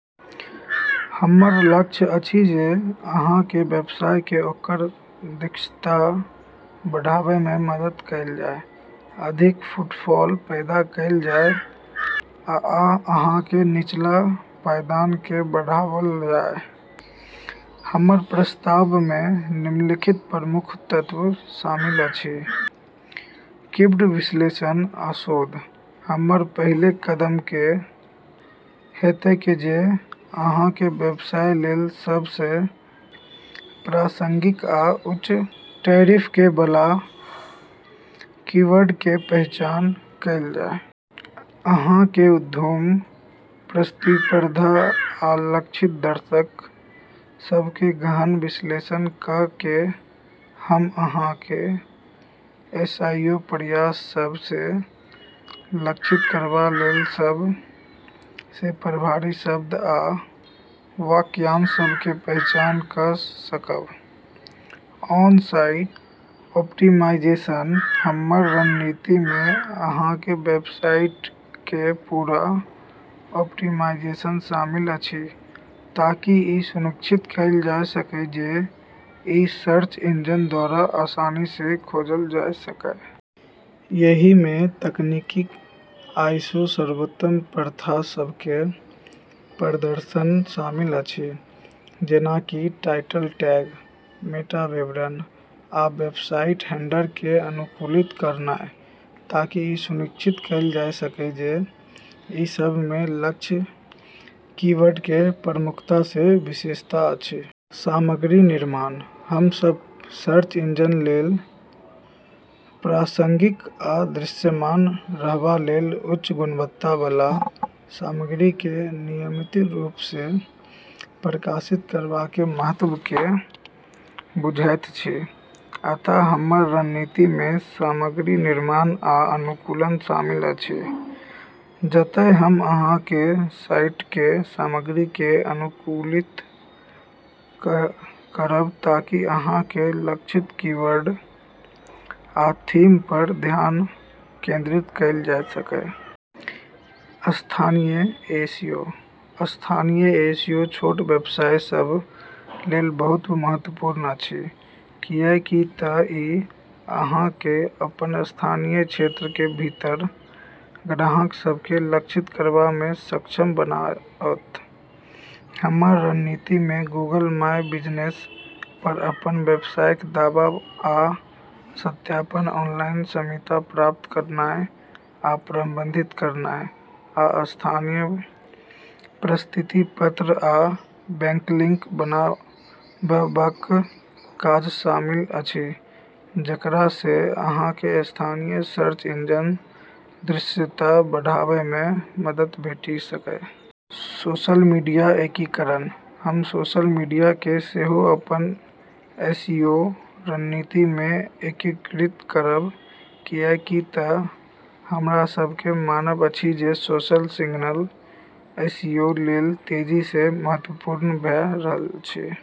हमर लक्ष्य अछि जे अहाँक व्यवसाय केँ ओकर दृश्यता बढ़ाबय मे मदद कएल जाए, अधिक फुटफॉल पैदा कएल जाए आ अहाँक निचला पायदान केँ बढ़ाओल जाए। हमर प्रस्ताव मे निम्नलिखित प्रमुख तत्व शामिल अछि: कीवर्ड विश्लेषण आ शोध: हमर पहिल कदम हेतैक जे अहाँक व्यवसाय लेल सब सँ प्रासंगिक आ उच्च ट्रैफिक बला कीवर्डक पहचान कएल जाए। अहाँक उद्योग, प्रतिस्पर्धा, आ लक्षित दर्शक सभक गहन विश्लेषण कऽ हम अहाँक एसईओ प्रयास सभ सँ लक्षित करबा लेल सब सँ प्रभावी शब्द आ वाक्यांश सभक पहचान कऽ सकब। ऑन-साइट ऑप्टिमाइजेशन: हमर रणनीति मे अहाँक वेबसाइटक पूरा ऑप्टिमाइजेशन शामिल अछि ताकि ई सुनिश्चित कएल जा सकए जे ई सर्च इंजन द्वारा आसानी सँ खोजल जा सकए। एहि मे तकनीकी एसईओ सर्वोत्तम प्रथा सभक प्रदर्शन शामिल अछि, जेना कि टाइटल टैग, मेटा विवरण, आ वेबसाइट हेडर केँ अनुकूलित करनाय ताकि ई सुनिश्चित कएल जा सकए जे ई सभ मे लक्ष्य कीवर्डक प्रमुखता सँ विशेषता अछि। सामग्री निर्माण: हम सभ सर्च इंजन लेल प्रासंगिक आ दृश्यमान रहबा लेल उच्च गुणवत्ता बला सामग्री केँ नियमित रूप सँ प्रकाशित करबाक महत्व केँ बुझैत छी। अतः हमर रणनीति मे सामग्री निर्माण आ अनुकूलन शामिल अछि, जतए हम अहाँक साइटक सामग्री केँ अनुकूलित करब ताकि अहाँक लक्षित कीवर्ड आ थीम पर ध्यान केंद्रित कएल जा सकए। स्थानीय एसईओ: स्थानीय एसईओ छोट व्यवसाय सभ लेल बहुत महत्वपूर्ण अछि, कियाक तँ ई अहाँ केँ अपन स्थानीय क्षेत्रक भीतर ग्राहक सभ केँ लक्षित करबा मे सक्षम बनाओत। हमर रणनीति मे गूगल माय बिजनेस पर अपन व्यवसायक दावा आ सत्यापन, ऑनलाइन समीक्षा प्राप्त करनाय आ प्रबंधित करनाय, आ स्थानीय प्रशस्ति पत्र आ बैकलिंक बनाबबाक काज शामिल अछि जेकरा सँ अहाँक स्थानीय सर्च इंजन दृश्यता बढ़ाबय मे मदद भेटि सकए। सोशल मीडिया एकीकरण: हम सोशल मीडिया केँ सेहो अपन एसईओ रणनीति मे एकीकृत करब, कियाक तँ हमरा सभक मानब अछि जे सोशल सिग्नल एसईओ लेल तेजी सँ महत्वपूर्ण भऽ रहल अछि।